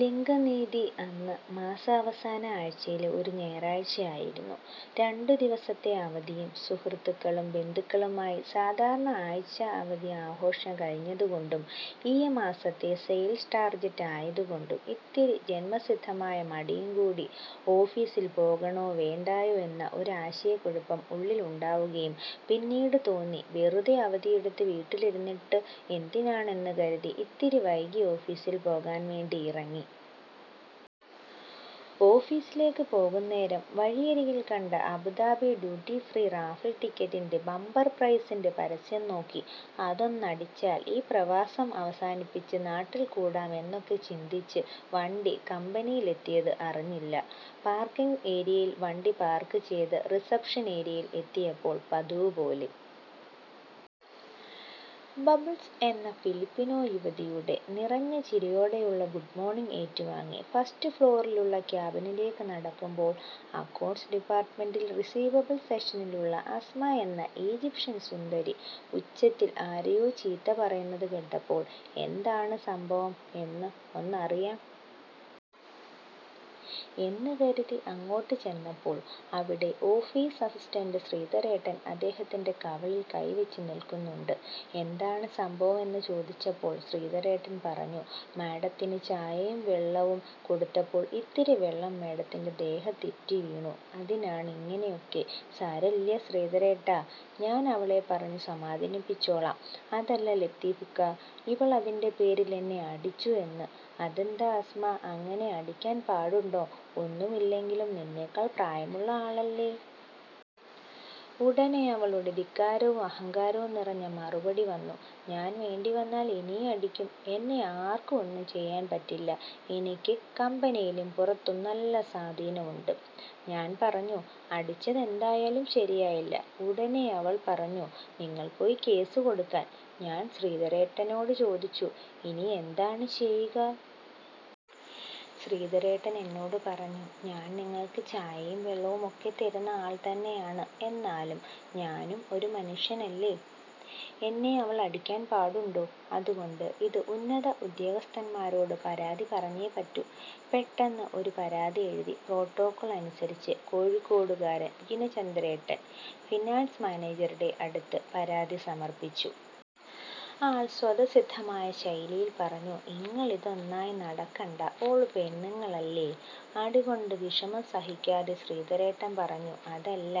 ലിംഗനീതി അന്ന് മാസാവസാന ആഴ്ചയിലെ ഒരു ഞായറാഴ്ച ആയിരുന്നു. രണ്ടു ദിവസത്തെ അവധിയും സുഹൃത്തുക്കളും ബന്ധുക്കളുമായി സാധാരണ ആഴ്ച അവധി ആഘോഷം കഴിഞ്ഞത് കൊണ്ടും ഈ മാസത്തെ സെയിൽസ് ടാർജെറ്റ് ആയതുകൊണ്ടും ഇത്തിരി ജന്മസിദ്ധമായ മടിയും കൂടി ഓഫീസിൽ പോകണോ വേണ്ടായോ എന്ന ഒരു ആശയകുഴപ്പം ഉള്ളിൽ ഉണ്ടാവുകയും പിന്നീട് തോന്നി വെറുതെ അവധി എടുത്തു വീട്ടിൽ ഇരുന്നിട്ട് എന്തിനാണ് എന്ന് കരുതി ഇത്തിരി വൈകി ഓഫീസിൽ പോകാൻ വേണ്ടി ഇറങ്ങി. ഓഫീസിലേക്ക് പോകുന്നേരം വഴിയരികിൽ കണ്ട അബുദാബി ഡ്യൂട്ടിഫ്രീ റാഫിൾ ടിക്കറ്റിന്റെ ബമ്പർ പ്രൈസിന്റെ പരസ്യം നോക്കി അതൊന്നടിച്ചാൽ ഈ പ്രവാസം അവസാനിപ്പിച്ചു നാട്ടിൽ കൂടാം എന്നൊക്കെ ചിന്തിച്ചു വണ്ടി കമ്പനിയിൽ എത്തിയത് അറിഞ്ഞില്ല. പാർക്കിംഗ് ഏരിയയിൽ വണ്ടി പാർക്ക് ചെയ്ത് റിസപ്ഷൻ ഏരിയയിൽ എത്തിയപ്പോൾ പതിവുപോലെ ബബ്ൾസ് എന്ന ഫിലിപിനോ യുവതിയുടെ നിറഞ്ഞ ചിരിയോടെയുള്ള ഗുഡ് മോർണിംഗ് ഏറ്റു വാങ്ങി ഫസ്റ്റ് ഫ്ലോറിൽ ഉള്ള ക്യാബിനിലേക്ക് നടക്കുമ്പോൾ അക്കൗണ്ട്സ് ഡിപ്പാർട്മെന്റിൽ റിസീവബിൾ സെക്ഷനിൽ ഉള്ള അസ്മ എന്ന ഈജിപ്ഷൻ സുന്ദരി ഉച്ചത്തിൽ ആരെയോ ചീത്ത പറയുന്നത് കേട്ടപ്പോൾ എന്താണ് സംഭവം എന്ന് ഒന്നറിയാം എന്നു കരുതി അങ്ങോട്ട് ചെന്നപ്പോൾ അവിടെ ഓഫീസ് അസിസ്റ്റന്റ് ശ്രീധരേട്ടൻ അദ്ദേഹത്തിന്റെ കവിളിൽ കൈ വെച്ച് നിൽക്കുന്നുണ്ട്, എന്താണ് സംഭവം എന്ന് ചോദിച്ചപ്പോൾ ശ്രീധരേട്ടൻ പറഞ്ഞു, മാഡത്തിന് ചായയും വെള്ളവും കൊടുത്തപ്പോൾ ഇത്തിരി വെള്ളം മാഡത്തിന്റെ ദേഹത്ത് ഇറ്റിവീണു അതിനാണ് ഇങ്ങിനെ ഒക്കെ, സാരല്ല്യ ശ്രീധരേട്ടാ ഞാൻ അവളെ പറഞ്ഞു സമാധാനിപ്പിച്ചോളാം, അതല്ല ലത്തീഫ്ക്ക ഇവൾ അതിന്റെ പേരിൽ എന്നെ അടിച്ചു എന്ന്, അതെന്താ അസ്മ അങ്ങിനെ അടിക്കാൻ പാടുണ്ടോ ഒന്നുമില്ലെങ്കിലും നിന്നെക്കാൾ പ്രായമുള്ള ആളല്ലേ? ഉടനെ അവളുടെ ധിക്കാരവും അഹങ്കാരവും നിറഞ്ഞ മറുപടി വന്നു ഞാൻ വേണ്ടി വന്നാൽ ഇനിയും അടിക്കും എന്നെ ആർക്കും ഒന്നും ചെയ്യാൻ പറ്റില്ല എനിക്ക് കമ്പനിയിലും പുറത്തും നല്ല സ്വാധീനം ഉണ്ട്. ഞാൻ പറഞ്ഞു അടിച്ചത് എന്തായാലും ശരിയായില്ല, ഉടനെ അവൾ പറഞ്ഞു നിങ്ങൾ പോയി കേസ് കൊടുക്കാൻ, ഞാൻ ശ്രീധരേട്ടനോട് ചോദിച്ചു ഇനി എന്താണ് ചെയ്യുക. ശ്രീധരേട്ടൻ എന്നോട് പറഞ്ഞു ഞാൻ നിങ്ങൾക്ക് ചായയും വെള്ളവും ഒക്കെ തരുന്ന ആൾ തന്നെയാണ് എന്നാലും ഞാനും ഒരു മനുഷ്യനല്ലേ എന്നെ അവൾ അടിക്കാൻ പാടുണ്ടോ, അത്കൊണ്ട് ഇത് ഉന്നത ഉദ്യോഗസ്ഥൻമാരോട് പരാതി പറഞ്ഞേ പറ്റൂ, പെട്ടെന്ന് ഒരു പരാതി എഴുതി പ്രോട്ടോകോൾ അനുസരിച്ചു കോഴിക്കോടുകാരൻ ജിനചന്ദ്രേട്ടൻ, ഫിനാൻസ് മാനേജറുടെ അടുത്ത് പരാതി സമർപ്പിച്ചു. ആൾ സ്വതസിദ്ധമായ ശൈലിയിൽ പറഞ്ഞു ഇങ്ങള് ഇതൊന്നായി നടക്കണ്ട ഓല് പെണ്ണുങ്ങൾ അല്ലെ? അടികൊണ്ട് വിഷമം സഹിക്കാതെ ശ്രീധരേട്ടൻ പറഞ്ഞു അതല്ല,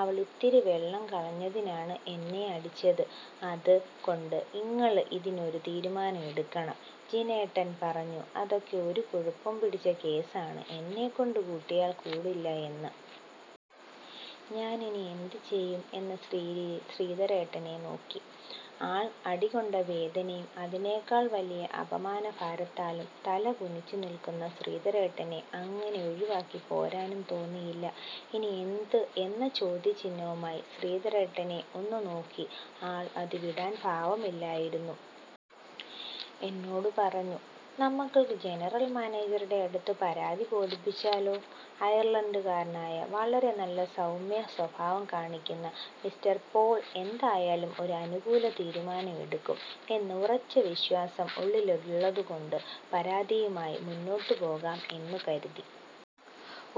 അവൾ ഇത്തിരി വെള്ളം കളഞ്ഞതിനാണ് എന്നെ അടിച്ചത് അത് കൊണ്ട് ഇങ്ങള് ഇതിന് ഒരു തീരുമാനം എടുക്കണം, ജിനേട്ടൻ പറഞ്ഞു അതൊക്ക ഒരു കുഴപ്പം പിടിച്ച കേസ് ആണ് എന്നെകൊണ്ട് കൂട്ടിയാൽ കൂടില്ല എന്ന്. ഞാൻ ഇനി എന്ത് ചെയ്യും എന്ന രീതിയിൽ ശ്രീധരേട്ടനെ നോക്കി, ആൾ അടികൊണ്ട വേദനയും അതിനേക്കാൾ വലിയ അപമാനഭാരത്താലും തല കുനിച്ചു നിൽക്കുന്ന ശ്രീധരേട്ടനെ അങ്ങനെ ഒഴിവാക്കി പോരാനും തോന്നിയില്ല, ഇനി എന്ത് എന്ന ചോദ്യ ചിഹ്നവുമായി ശ്രീധരേട്ടനെ ഒന്ന് നോക്കി ആൾ അത് വിടാൻ ഭാവമില്ലായിരുന്നു. എന്നോട് പറഞ്ഞു നമ്മൾക്കു ജനറൽ മാനേജർടെ അടുത്ത് പരാതി ബോധിപ്പിച്ചാലോ? അയർലൻഡ് കാരനായ വളരെ നല്ല സൗമ്യ സ്വഭാവം കാണിക്കുന്ന മിസ്റ്റർ പോൾ എന്തായാലും ഒരു അനുകൂല തീരുമാനം എടുക്കും എന്ന് ഉറച്ച വിശ്വാസം ഉള്ളിൽ ഉള്ളത് കൊണ്ട് പരാതിയുമായി മുന്നോട്ട് പോകാം എന്നു കരുതി.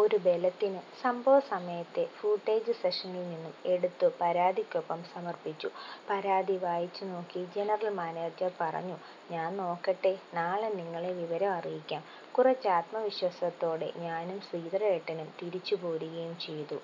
ഒരു ബലത്തിന് സംഭവ സമയത്തെ ഫൂട്ടേജ് സെക്ഷനിൽ നിന്നും എടുത്തു പരാതിക്കൊപ്പം സമർപ്പിച്ചു, പരാതി വായിച്ചു നോക്കി ജനറൽ മാനേജർ പറഞ്ഞു ഞാൻ നോക്കട്ടെ നാളെ നിങ്ങളെ വിവരം അറിയിക്കാം. കുറച്ച് ആത്മ വിശ്വാസത്തോടെ ഞാനും ശ്രീധരേട്ടനും തിരിച്ചു പോരുകയും ചെയ്തു.